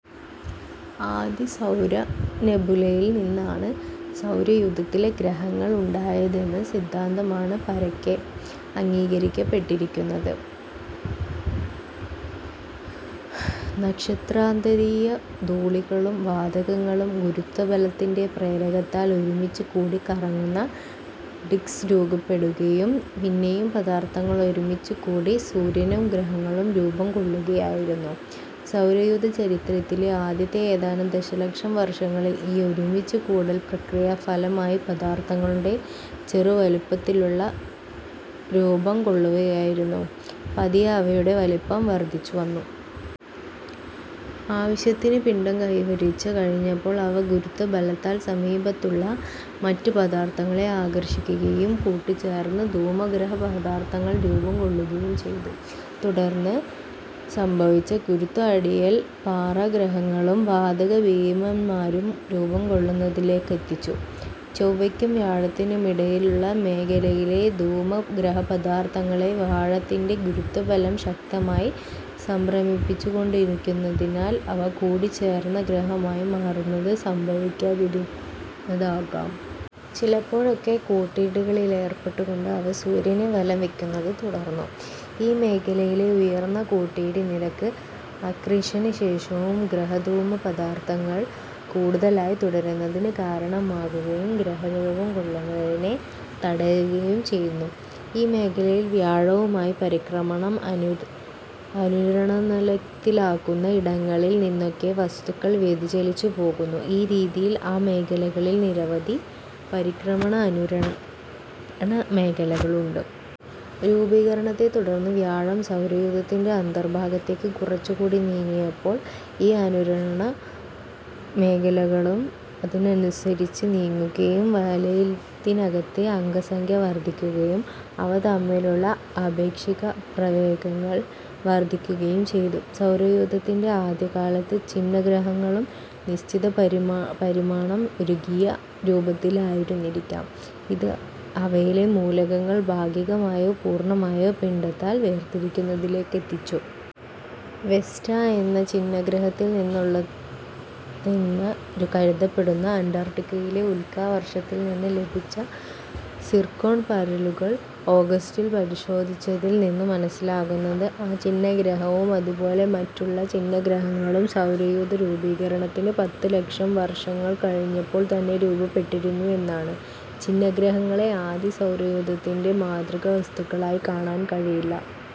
ആദി സൗരനെബുലയിൽ നിന്നാണ് സൗരയൂഥത്തിലെ ഗ്രഹങ്ങൾ ഉണ്ടായതെന്ന സിദ്ധാന്തമാണ് പരക്കെ അംഗീകരിക്കപ്പെട്ടിരിക്കുന്നത്: നക്ഷത്രാന്തരീയ ധൂളികളും വാതകങ്ങളും ഗുരുത്വബലത്തിന്റെ പ്രേരകത്താൽ ഒരുമിച്ച് കൂടി കറങ്ങുന്ന ഡിക്സ് രൂപപ്പെടുകയും പിന്നേയും പദാർത്ഥങ്ങൾ ഒരുമിച്ച് കൂടി സൂര്യനും ഗ്രഹങ്ങളും രൂപം കൊള്ളുകയായിരുന്നു. സൗരയൂഥ ചരിത്രത്തിലെ ആദ്യത്തെ ഏതാനും ദശലക്ഷം വർഷങ്ങളിൽ ഈ ഒരുമിച്ച് കൂടൽ പ്രക്രിയ ഫലമായി പദാർത്ഥങ്ങളുടെ ചെറുവലിപ്പത്തുലുള്ളവ രൂപം കൊള്ളുകയായിരുന്നു, പതിയെ അവയുടെ വലിപ്പം വർദ്ധിച്ചു വന്നു. ആവശ്യത്തിന് പിണ്ഡം കൈവരിച്ചു കഴിഞ്ഞപ്പോൾ അവ ഗുരുത്വബലത്താൽ സമീപത്തുള്ള മറ്റ് പദാർത്ഥങ്ങളെ ആകർഷിക്കുകയും കൂടിച്ചേർന്ന് ധൂമഗ്രഹപദാർത്ഥങ്ങൾ രൂപം കൊള്ളുകയും ചെയ്തു. തുടർന്ന് സംഭവിച്ച ഗുരുത്വ അടിയൽ പാറ ഗ്രഹങ്ങളും വാതക ഭീമന്മാരും രൂപം കൊള്ളുന്നതിലേക്കെത്തിച്ചു. ചൊവ്വയ്ക്കും വ്യാഴത്തിനുമിടയിലുള്ള മേഖലയിലെ ധൂമഗ്രഹപദാർത്ഥങ്ങളെ വ്യാഴത്തിന്റെ ഗുരുത്വബലം ശക്തമായി സംഭ്രമിപ്പിച്ചുക്കൊണ്ടിരുന്നതിനാൽ അവ കൂടിച്ചേർന്ന ഗ്രഹമായി മാറുന്നത് സംഭവിക്കാതിരുന്നതാകാം. ചിലപ്പോഴൊക്കെ കൂട്ടിയിടികളിലേർപ്പെട്ടുകോണ്ട് അവ സൂര്യനെ വലംവയ്ക്കുന്നത് തുടർന്നു. ഈ മേഖലയിലെ ഉയർന്ന കൂട്ടിയിടി നിരക്ക് അക്രീഷന് ശേഷവും ഗ്രഹധൂമപദാർത്ഥങ്ങൾ കൂടുതലായി തുടരുന്നതിന് കാരണമാകുകയും ഗ്രഹം രൂപം കൊള്ളുന്നതിനെ തടയുകയും ചെയ്യുന്നു. ഈ മേഖലയിൽ വ്യാഴവുമായി പരിക്രമണം അനുരണനത്തിലാകുന്ന ഇടങ്ങളിൽ നിന്നൊക്കെ വസ്തുക്കൾ വ്യതിചലിച്ചു പോകുന്നു, ഈ രീതിയിൽ ആ മേഖലയിൽ നിരവധി പരിക്രമണ അനുരണന മേഖലകളുണ്ട്. രൂപീകരണത്തെ തുടർന്ന് വ്യാഴം സൗരയൂഥത്തിന്റെ അന്തർഭാഗത്തേക്ക് കുറച്ച് കൂടി നീങ്ങിയപ്പോൾ ഈ അനുരണന മേഖലകളും അതിനനുസരിച്ച് നീങ്ങുകയും വലയത്തിനകത്തെ അംഗസംഖ്യ വർദ്ധിക്കുകയും അവ തമ്മിലുള്ള ആപേക്ഷിക പ്രാവേഗങ്ങൾ വർദ്ധിക്കുകയും ചെയ്തു. സൗരയൂഥത്തിന്റെ ആദ്യകാലത്ത് ഛിന്നഗ്രഹങ്ങളും നിശ്ചിതപരിമാണം ഉരുകിയ രൂപത്തിലായിരുന്നിരിക്കാം, ഇത് അവയിലെ മൂലകങ്ങൾ ഭാഗികമായോ പൂർണ്ണമായോ പിണ്ഡത്താൽ വേർതിരിക്കുന്നതിലേക്കെത്തിച്ചു. വെസ്റ്റ എന്ന ഛിന്നഗ്രഹത്തിൽ നിന്നുള്ളതെന്ന കരുതപ്പെടുന്ന, അന്റാർട്ടിക്കയിലെ ഉൽക്കാവർഷത്തിൽ നിന്ന് ലഭിച്ച സിർക്കോൺ പരലുകൾ ഓഗസ്റ്റിൽ പരിശോധിച്ചതിൽ നിന്നും മനസ്സിലാകുന്നത് ആ ഛിന്നഗ്രഹവും അതുപോലെ മറ്റുള്ള ഛിന്നഗ്രഹങ്ങളും സൗരയൂഥരൂപീകരണത്തിന് പത്ത് ലക്ഷം വർഷങ്ങൾ കഴിഞ്ഞപ്പോൾ തന്നെ രൂപപ്പെട്ടിരുന്നു എന്നാണ്. ഛിന്നഗ്രഹങ്ങളെ ആദി സൗരയൂഥത്തിന്റെ മാതൃക വസ്തുക്കളായി കാണാൻ കഴിയില്ല.